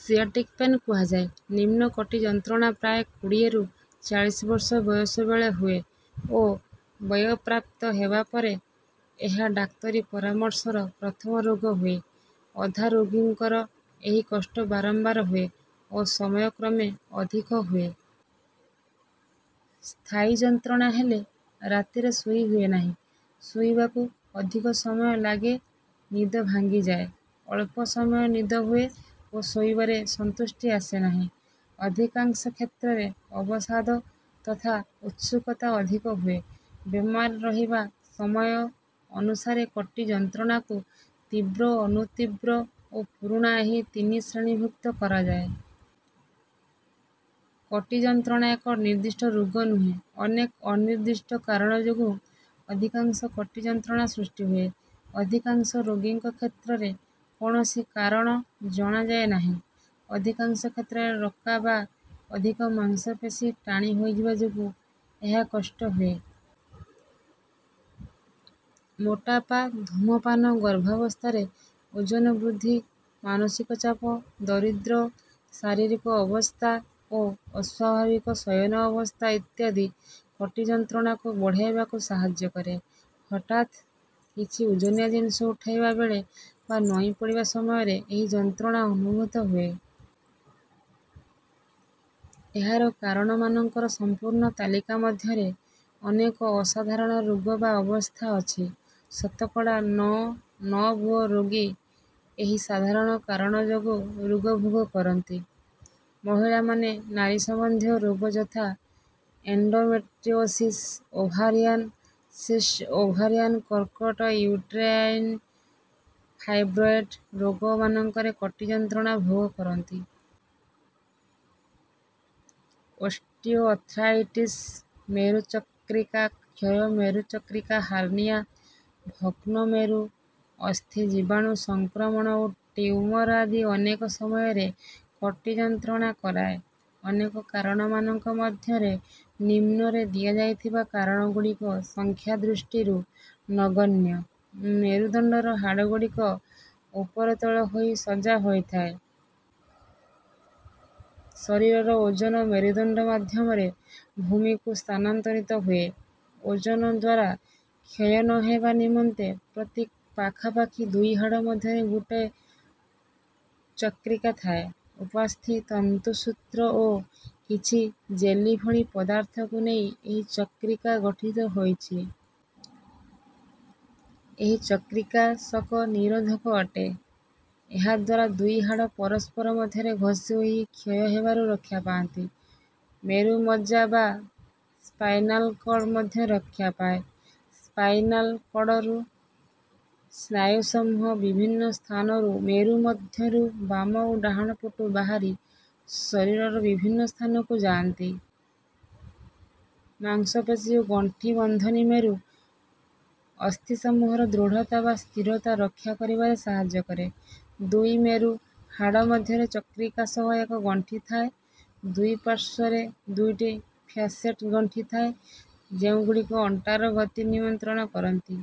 Sciatic pain କୁହାଯାଏ। ନିମ୍ନ କଟି ଯନ୍ତ୍ରଣା ପ୍ରାୟ କୋଡ଼ିଏରୁ ଚାଳିଶ ବର୍ଷ ବୟସ ବେଳେ ହୁଏ ଓ ବୟଃପ୍ରାପ୍ତ ହେବା ପରେ ଏହା ଡାକ୍ତରୀ ପରାମର୍ଶର ପ୍ରଥମ ରୋଗ ହୁଏ। ଅଧା ରୋଗୀଙ୍କର ଏହି କଷ୍ଟ ବାରମ୍ବାର ହୁଏ ଓ ସମୟକ୍ରମେ ଅଧିକ ହୁଏ। ସ୍ଥାୟୀ ଯନ୍ତ୍ରଣା ହେଲେ ରାତିରେ ଶୋଇ ହୁଏ ନାହିଁ ଶୋଇବାକୁ ଅଧିକ ସମୟ ଲାଗେ ନିଦ ଭାଙ୍ଗିଯାଏ ଅଳ୍ପ ସମୟ ନିଦ ହୁଏ ଓ ଶୋଇବାରେ ସନ୍ତୁଷ୍ଟି ଆସେ ନାହିଁ। ଅଧିକାଂଶ କ୍ଷେତ୍ରରେ ଅବସାଦ ତଥା ଉତ୍ସୁକତା ଅଧିକ ହୁଏ। ବେମାର ରହିବା ସମୟ ଅନୁସାରେ କଟି ଯନ୍ତ୍ରଣାକୁ ତୀବ୍ର ଅନୁତୀବ୍ର ଓ ପୁରୁଣା ଏହି ତିନି ଶ୍ରେଣୀଭୁକ୍ତ କରାଯାଏ। କଟି ଯନ୍ତ୍ରଣା ଏକ ନିର୍ଦ୍ଦିଷ୍ଟ ରୋଗ ନୁହେଁ ଅନେକ ଅନିର୍ଦ୍ଦିଷ୍ଟ କାରଣ ଯୋଗୁଁ ଅଧିକାଂଶ କଟି ଯନ୍ତ୍ରଣା ସୃଷ୍ଟି ହୁଏ। ଅଧିକାଂଶ ରୋଗୀଙ୍କ କ୍ଷେତ୍ରରେ କୌଣସି କାରଣ ଜଣାଯାଏ ନାହିଁ। ଅଧିକାଂଶ କ୍ଷେତ୍ରରେ ରକା ବା ଅଧିକ ମାଂସପେଶୀ ଟାଣି ହୋଇଯିବା ଯୋଗୁଁ ଏହା କଷ୍ଟ ହୁଏ। ମୋଟାପା ଧୂମପାନ ଗର୍ଭାବସ୍ଥାରେ ଓଜନ ବୃଦ୍ଧି ମାନସିକ ଚାପ ଦରିଦ୍ର ଶାରୀରିକ ଅବସ୍ଥା ଓ ଅସ୍ୱାଭାବିକ ଶୟନ ଅବସ୍ଥା ଇତ୍ୟାଦି କଟି ଯନ୍ତ୍ରଣାକୁ ବଢ଼ାଇବାକୁ ସାହାଯ୍ୟ କରେ। ହଠାତ୍ କିଛି ଓଜନିଆ ଜିନିଷ ଉଠାଇବା ବେଳେ ବା ନଇଁ ପଡ଼ିବା ସମୟରେ ଏହି ଯନ୍ତ୍ରଣା ଅନୁଭୂତ ହୁଏ। ଏହାର କାରଣମାନଙ୍କର ସମ୍ପୂର୍ଣ୍ଣ ତାଲିକା ମଧ୍ୟରେ ଅନେକ ଅସାଧାରଣ ରୋଗ ବା ଅବସ୍ଥା ଅଛି। ଶତକଡ଼ା ନଅ ନବୁଅ ରୋଗୀ ଏହି ସାଧାରଣ କାରଣ ଯୋଗୁଁ ରୋଗ ଭୋଗ କରନ୍ତି। ମହିଳାମାନେ ନାରୀ ସମ୍ବନ୍ଧୀୟ ରୋଗ ଯଥା ଏଣ୍ଡୋମେଟ୍ରିଓସିସ ଓଭାରିଆନ ସିଷ୍ଟ ଓଭାରିଆନ କର୍କଟ ୟୁଟେରାଇନ ଫାଇବ୍ରଏଡ ରୋଗମାନଙ୍କରେ କଟି ଯନ୍ତ୍ରଣା ଭୋଗ କରନ୍ତି। ଓଷ୍ଟିଓଆର୍ଥ୍ରାଇଟିସ ମେରୁ ଚକ୍ରିକା କ୍ଷୟ ମେରୁ ଚକ୍ରିକା ହାର୍ନିଆ ଭଗ୍ନ ମେରୁ ଅସ୍ଥି ଜୀବାଣୁ ସଂକ୍ରମଣ ଓ ଟ୍ୟୁମର ଆଦି ଅନେକ ସମୟରେ କଟି ଯନ୍ତ୍ରଣା କରାଏ। ଅନେକ କାରଣମାନଙ୍କ ମଧ୍ୟରେ ନିମ୍ନରେ ଦିଆଯାଇଥିବା କାରଣଗୁଡ଼ିକ ସଂଖ୍ୟା ଦୃଷ୍ଟିରୁ ନଗଣ୍ୟ। ମେରୁଦଣ୍ଡର ହାଡ଼ଗୁଡ଼ିକ ଉପର ତଳ ହୋଇ ସଜା ହୋଇଥାଏ। ଶରୀରର ଓଜନ ମେରୁଦଣ୍ଡ ମାଧ୍ୟମରେ ଭୂମିକୁ ସ୍ଥାନାନ୍ତରିତ ହୁଏ। ଓଜନ ଦ୍ୱାରା କ୍ଷୟ ନ ହେବା ନିମନ୍ତେ ପ୍ରତି ପାଖାପାଖି ଦୁଇ ହାଡ଼ ମଧ୍ୟରେ ଗୋଟିଏ ଚକ୍ରିକା ଥାଏ। ଉପାସ୍ଥି ତନ୍ତୁସୂତ୍ର ଓ କିଛି ଜେଲି ଭଳି ପଦାର୍ଥକୁ ନେଇ ଏହି ଚକ୍ରିକା ଗଠିତ ହୋଇଛି। ଏହି ଚକ୍ରିକା ଷକ ନିରୋଧକ ଅଟେ। ଏହା ଦ୍ୱାରା ଦୁଇ ହାଡ଼ ପରସ୍ପର ମଧ୍ୟରେ ଘଷି ହୋଇ କ୍ଷୟ ହେବାରୁ ରକ୍ଷା ପାଆନ୍ତି। ମେରୁ ମଜ୍ଜା ବା ସ୍ପାଇନାଲ କଡ଼ ମଧ୍ୟ ରକ୍ଷା ପାଏ। ସ୍ପାଇନାଲ କଡ଼ରୁ ସ୍ନାୟୁସମୂହ ବିଭିନ୍ନ ସ୍ଥାନରୁ ମେରୁ ମଧ୍ୟରୁ ବାମ ଓ ଡାହାଣ ପଟୁ ବାହାରି ଶରୀରର ବିଭିନ୍ନ ସ୍ଥାନକୁ ଯାଆନ୍ତି। ମାଂସପେଶୀ ଓ ଗଣ୍ଠି ବନ୍ଧନୀ ମେରୁ ଅସ୍ଥିସମୂହର ଦୃଢ଼ତା ବା ସ୍ଥିରତା ରକ୍ଷା କରିବାରେ ସାହାଯ୍ୟ କରେ। ଦୁଇ ମେରୁ ହାଡ଼ ମଧ୍ୟରେ ଚକ୍ରିକା ସହ ଏକ ଗଣ୍ଠି ଥାଏ ଓ ଦୁଇ ପାର୍ଶ୍ୱରେ ଦୁଇଟି ଫ୍ୟାସେଟ ଗଣ୍ଠି ଥାଏ ଯେଉଁଗୁଡ଼ିକ ଅଣ୍ଟାର ଗତି ନିୟନ୍ତ୍ରଣ କରନ୍ତି।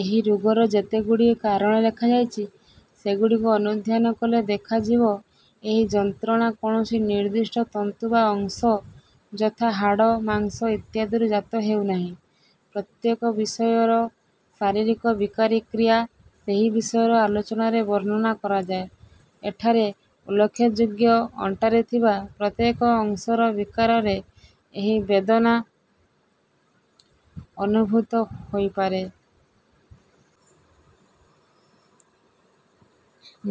ଏହି ରୋଗର ଯେତେଗୁଡ଼ିଏ କାରଣ ଲେଖାଯାଇଛି ସେଗୁଡ଼ିକ ଅନୁଧ୍ୟାନ କଲେ ଦେଖାଯିବ ଏହି ଯନ୍ତ୍ରଣା କୌଣସି ନିର୍ଦ୍ଦିଷ୍ଟ ତନ୍ତୁ ବା ଅଂଶ ଯଥା ହାଡ଼ ମାଂସ ଇତ୍ୟାଦିରୁ ଜାତ ହେଉନାହିଁ। ପ୍ରତ୍ୟେକ ବିଷୟର ଶାରୀରିକ ବିକାରୀ କ୍ରିୟା ସେହି ବିଷୟର ଆଲୋଚନାରେ ବର୍ଣ୍ଣନା କରାଯାଏ। ଏଠାରେ ଉଲ୍ଲେଖଯୋଗ୍ୟ ଅଣ୍ଟାରେ ଥିବା ପ୍ରତ୍ୟେକ ଅଂଶର ବିକାରରେ ଏହି ବେଦନା ଅନୁଭୂତ ହୋଇପାରେ।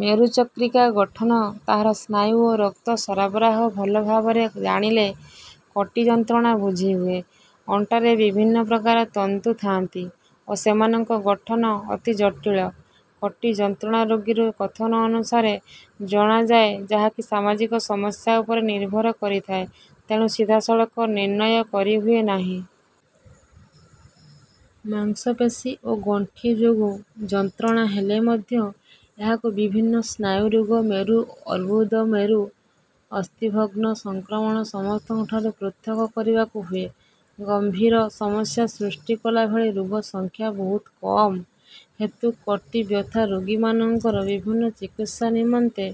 ମେରୁ ଚକ୍ରିକା ଗଠନ ତାହାର ସ୍ନାୟୁ ଓ ରକ୍ତ ସରବରାହ ଭଲ ଭାବରେ ଜାଣିଲେ କଟି ଯନ୍ତ୍ରଣା ବୁଝିହୁଏ। ଅଣ୍ଟାରେ ବିଭିନ୍ନ ପ୍ରକାର ତନ୍ତୁ ଥାଆନ୍ତି ଓ ସେମାନଙ୍କ ଗଠନ ଅତି ଜଟିଳ। କଟି ଯନ୍ତ୍ରଣା ରୋଗୀର କଥନ ଅନୁସାରେ ଜଣାଯାଏ ଯାହାକି ସାମାଜିକ ସମସ୍ୟା ଉପରେ ନିର୍ଭର କରିଥାଏ ତେଣୁ ସିଧାସଳଖ ନିର୍ଣ୍ଣୟ କରିହୁଏ ନାହିଁ। ମାଂସପେଶୀ ଓ ଗଣ୍ଠି ଯୋଗୁଁ ଯନ୍ତ୍ରଣା ହେଲେ ମଧ୍ୟ ଏହାକୁ ବିଭିନ୍ନ ସ୍ନାୟୁ ରୋଗ ମେରୁ ଅର୍ବୁଦ ମେରୁ ଅସ୍ଥିଭଗ୍ନ ସଂକ୍ରମଣ ସମସ୍ତଙ୍କଠାରୁ ପୃଥକ କରିବାକୁ ହୁଏ। ଗମ୍ଭୀର ସମସ୍ୟା ସୃଷ୍ଟି କଲା ଭଳି ରୋଗ ସଂଖ୍ୟା ବହୁତ କମ ହେତୁ କଟି ବ୍ୟଥା ରୋଗୀମାନଙ୍କର ବିଭିନ୍ନ ଚିକିତ୍ସା ନିମନ୍ତେ